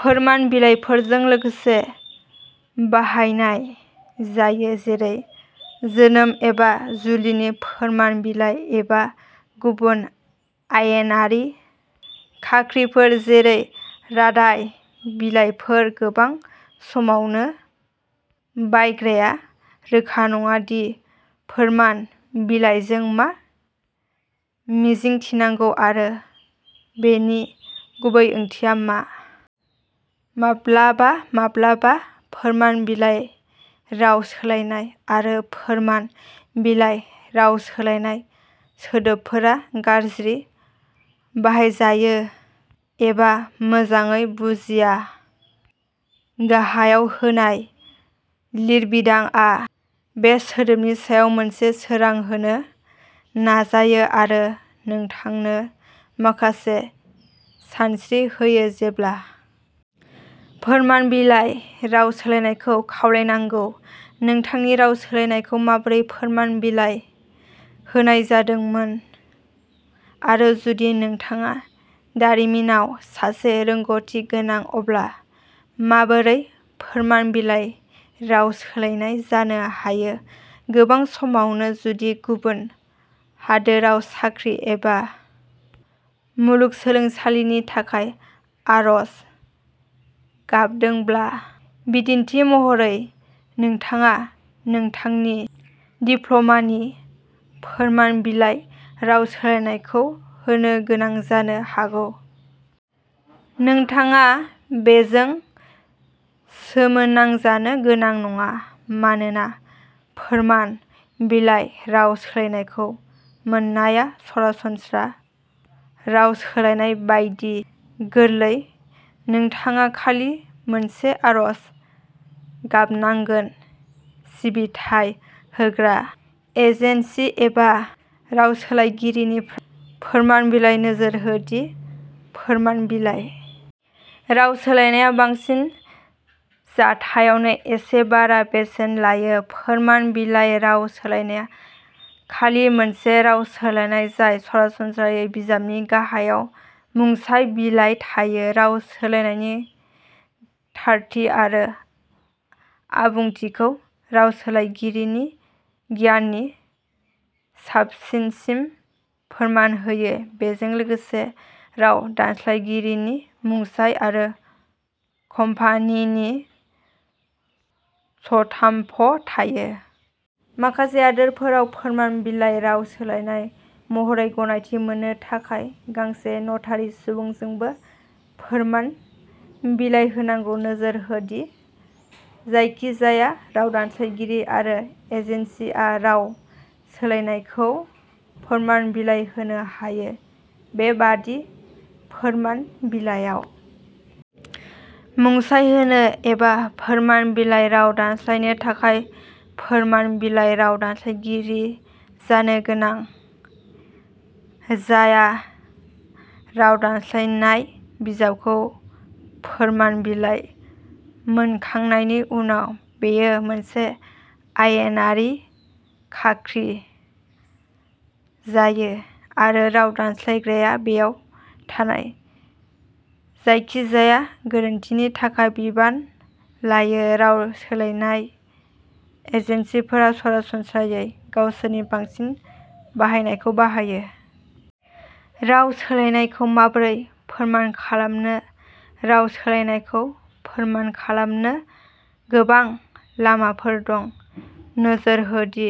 फोरमान बिलाइफोरजों लोगोसे बाहायनाय जायो जेरै जोनोम एबा जुलिनि फोरमान बिलाइ एबा गुबुन आयेनारि खाख्रिफोर जेरै रादाय बिलाइफोर गोबां समावनो बायग्राया रोखा नङा दि फोरमान बिलाइजों मा मिजिंथिनांगौ आरो बेनि गुबै ओंथिया मा माब्लाबा माब्लाबा फोरमान बिलाइ राव सोलायनाय आरो फोरमान बिलाइ राव सोलायनाय सोदोबफोरा गाज्रि बाहायजायो एबा मोजाङै बुजिया गाहायाव होनाय लिरबिदांआ बे सोदोबनि सायाव मोनसे सोरां होनो नाजायो आरो नोंथांनो माखासे सानस्रि होयो जेब्ला फोरमान बिलाइ राव सोलायनायखौ खावलायनांगौ नोंथांनि राव सोलायनायखौ माबोरै फोरमान बिलाइ होनाय जादोंमोन आरो जुदि नोंथाङा दारिमिनाव सासे रोंग'थि गोनां अब्ला माबोरै फोरमान बिलाइ राव सोलायनाय जानो हायो गोबां समावनो जुदि गुबुन हादोराव साख्रि एबा मुलुगसोलोंसालिनि थाखाय आर'ज गाबदोंब्ला बिदिन्थि महरै नोंथाङा नोंथांनि डिप्ल'मानि फोरमान बिलाइ राव सोलायनायखौ होनो गोनां जानो हागौ। नोंथाङा बेजों सोमोनांजानो गोनां नङा मानोना फोरमान बिलाइ राव सोलायनायखौ मोननाया सरासनस्रा राव सोलायनाय बायदि गोरलै नोंथाङा खालि मोनसे आरज गाबनांगोन सिबिथाय होग्रा एजेन्सि एबा रावसोलायगिरिनि फोरमान बिलाइ नोजोर हो दि फोरमान बिलाइ राव सोलायनाया बांसिन जाथायावनो एसे बारा बेसेन लायो फोरमान बिलाइ राव सोलायनाया खालि मोनसे राव सोलायनाय जाय सरासनस्रायै बिजाबनि गाहायाव मुंसाइ बिलाइ थायो राव सोलायनायनि थारथि आरो आबुंथिखौ रावसोलायगिरिनि गियाननि साबसिनसिम फोरमान होयो बेजों लोगोसे राव दानस्लायगिरिनि मुंसाइ आरो कम्पानिनि सटाम्प थायो। माखासे हादोरफोराव फोरमान बिलाइ राव सोलायनाय महरै गनायथि मोननो थाखाय गांसे नटारि सुबुंजोंबो फोरमान बिलाइ होनांगौ। नोजोर हो दि जायखिजाया राव दानस्लायगिरि आरो एजेन्सिआ राव सोलायनायखौ फोरमान बिलाइ होनो हायो बेबादि फोरमान बिलाइयाव मुंसाइ होनो एबा फोरमान बिलाइ राव दानस्लायनो थाखाय फोरमान बिलाइ राव दानस्लायगिरि जानो गोनां जाया राव दानस्लायनाय बिजाबखौ फोरमान बिलाइ मोनखांनायनि उनाव बेयो मोनसे आयेनारि खाख्रि जायो आरो राव दानस्लायग्राया बेयाव थानाय जायखिजाया गोरोन्थिनि थाखाय बिबान लायो राव सोलायनाय एजेन्सिफोरा सरासनस्रायै गावसोरनि बांसिन बाहायनायखौ बाहायो। राव सोलायनायखौ माबोरै फोरमान खालामनो राव सोलायनायखौ फोरमान खालामनो गोबां लामाफोर दं नोजोर हो दि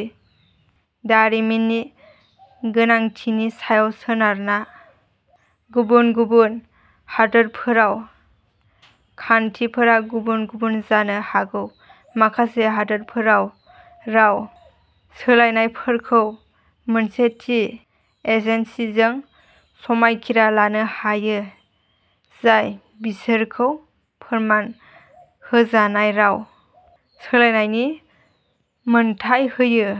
दारिमिननि गोनांथिनि सायाव सोनारना गुबुन गुबुन हादोरफोराव खान्थिफोरा गुबुन गुबुन जानो हागौ। माखासे हादोरफोराव राव सोलायनायफोरखौ मोनसे थि एजेन्सिजों समायखिरा लानो हायो जाय बिसोरखौ फोरमान होजानाय राव सोलायनायनि मोन्थाइ होयो।